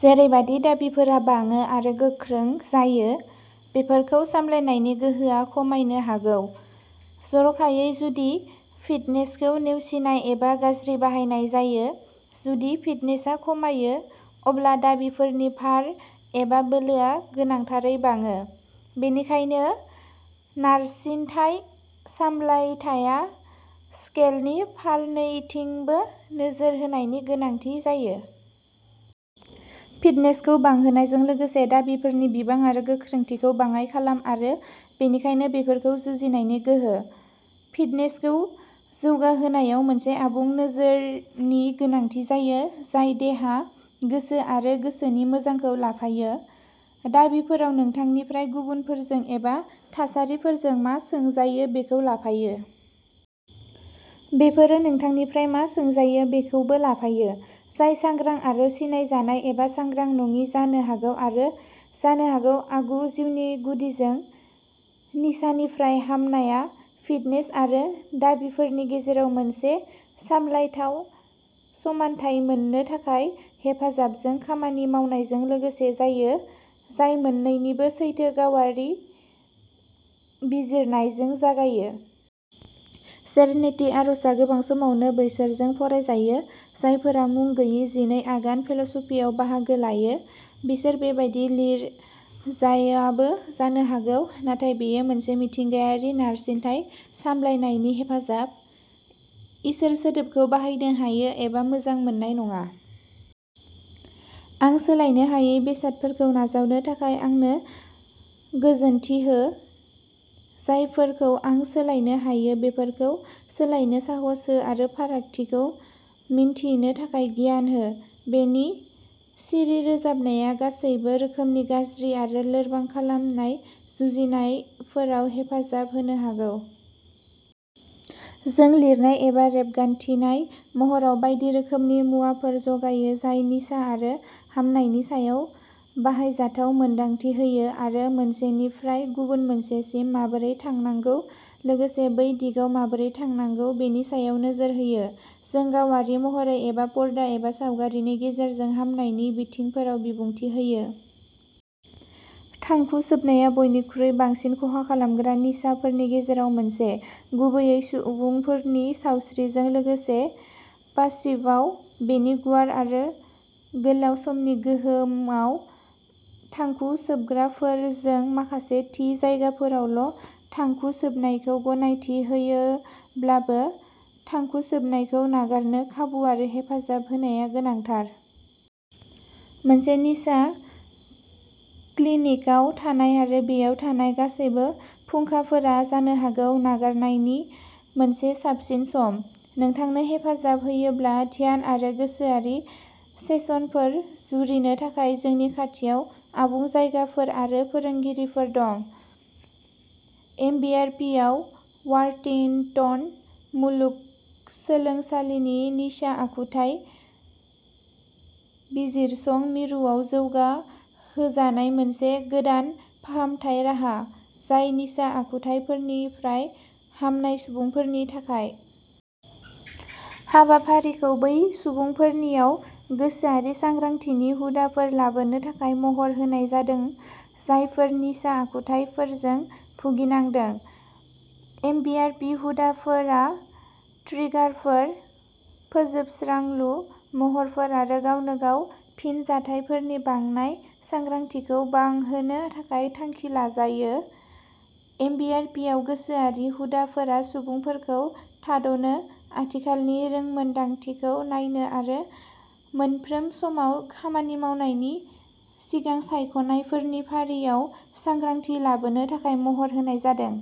जेरैबादि दाबिफोरा बाङो आरो गोख्रों जायो, बेफोरखौ सामलायनायनि गोहोआ खमायनो हागौ, जर'खायै जुदि फिटनेसखौ नेवसिनाय एबा गाज्रि बाहायनाय जायो। जुदि फिटनेसआ खमायो, अब्ला दाबिफोरनि भार एबा बोलोआ गोनांथारै बाङो। बेनिखायनो नारसिनथाय सामलायथाया स्केलनि फारनैथिंबो नोजोर होनायनि गोनांथि जायो। फिटनेसखौ बांहोनायजों लोगोसे दाबिफोरनि बिबां आरो गोख्रोंथिखौ बाङाइ खालाम आरो बेनिखायनो बेफोरखौ जुजिनायनि गोहो। फिटनेसखौ जौगाहोनायाव मोनसे आबुं नोजोरनि गोनांथि जायो जाय देहा, गोसो आरो गोसोनि मोजांखौ लाफायो। दाबिफोराव नोंथांनिफ्राय गुबुनफोरजों एबा थासारिफोरजों मा सोंजायो बेखौ लाफायो। बेफोरो नोंथांनिफ्राय मा सोंजायो बेखौबो लाफायो, जाय सांग्रां आरो सिनायजानाय एबा सांग्रां नङि जानो हागौ आरो जानो हागौ आगु जिउनि गुदिजों। निसानिफ्राय हामनाया फिटनेस आरो दाबिफोरनि गेजेराव मोनसे सामलायथाव समानथाय मोन्नो थाखाय हेफाजाबजों खामानि मावनायजों लोगोसे जायो, जाय मोन्नैनिबो सैथो गावारि बिजिरनायजों जागायो। सेरेनिटी आरजआ गोबां समावनो बैसोरजों फरायजायो। जायफोरा मुं गोयि जिनै आगान फेल'शिपआव बाहागो लायो, बिसोर बेबादि लिरजायाबो जानो हागौ, नाथाय बेयो मोनसे मिथिंगायारि नारसिनथाय सामलायनायनि हेफाजाब। इसोर सोदोबखौ बाहायनो हायो एबा मोजां मोननाय नङा। आं सोलायनो हायै बेसादफोरखौ नाजावनो थाखाय आंनो गोजोनथि हो, जायफोरखौ आं सोलायनो हायो बेफोरखौ सोलायनो साहस हो आरो फारागथिखौ मिन्थिनो थाखाय गियान हो। बेनि सिरि रोजाबनाया गासैबो रोखोमनि गाज्रि आरो लोरबां खालामनाय जुजिनायफोराव हेफाजाब होनो हागौ। जों लिरनाय एबा रेबगान्थिनाय महराव बायदि रोखोमनि मुवाफोर जगायो जाय निसा आरो हामनायनि सायाव बाहायजाथाव मोनदांथि होयो आरो मोनसेनिफ्राय गुबुन मोनसेसिम माबोरै थांनांगौ, लोगोसे बै दिगाव माबोरै थांनांगौ बेनि सायाव नोजोर होयो। जों गावारि महरै एबा पर्दायाव एबा सावगारिनि गेजेरजों हामनायनि बिथिंफोराव बिबुंथि होयो। थांखु सोबनाया बयनिख्रुइ बांसिन खहा खालामग्रा निसाफोरनि गेजेराव मोनसे, गुबैयै सुबुंफोरनि सावस्रिजों लोगोसे पासिभआव बेनि गुवार आरो गोलाव समनि गोहोमआव। थांखु सोबग्राफोर जों माखासे थि जायगाफोरावल' थांखु सोबनायखौ गनायथि होयोब्लाबो, थांखु सोबनायखौ नागारनो खाबु आरो हेफाजाब होनाया गोनांथार। मोनसे निसा क्लिनिकआव थानाय आरो बेयाव थानाय गासैबो फुंखाफोरा जानो हागौ नागारनायनि मोनसे साबसिन सम। नोंथांनो हेफाजाब होयोब्ला ध्यान आरो गोसोआरि सेसनफोर जुरिनो थाखाय जोंनि खाथियाव आबुं जायगाफोर आरो फोरोंगिरिफोर दं। एमबिआरपिआ वाशिंटन मुलुगसोलोंसालिनि निसा आखुथाय बिजिरसं मिरुआव जौगाहोजानाय मोनसे गोदान फाहामथाय राहा, जाय निसा आखुथायफोरनिफ्राय हामनाय सुबुंफोरनि थाखाय। हाबाफारिखौ बै सुबुंफोरनियाव गोसोआरि सांग्रांथिनि हुदाफोर लाबोनो थाखाय महर होनाय जादों जायफोरा निसा आखुथायफोरजों भुगिनांदों। एमबिआरपि हुदाफोरा ट्रिगारफोर, फोजोबस्रांलु महरफोर आरो गावनो गाव फिनजाथायफोरनि बांनाय सांग्रांथिखौ बांहोनो थाखाय थांखि लाजायो। एमबिआरपिआव गोसोआरि हुदाफोरा सुबुंफोरखौ थाद'नो, आथिखालनि रोंमोनदांथिखौ नायनो आरो मोनफ्रोम समाव खामानि मावनायनि सिगां सायख'नायफोरनि फारियाव सांग्रांथि लाबोनो थाखाय महर होनाय जादों।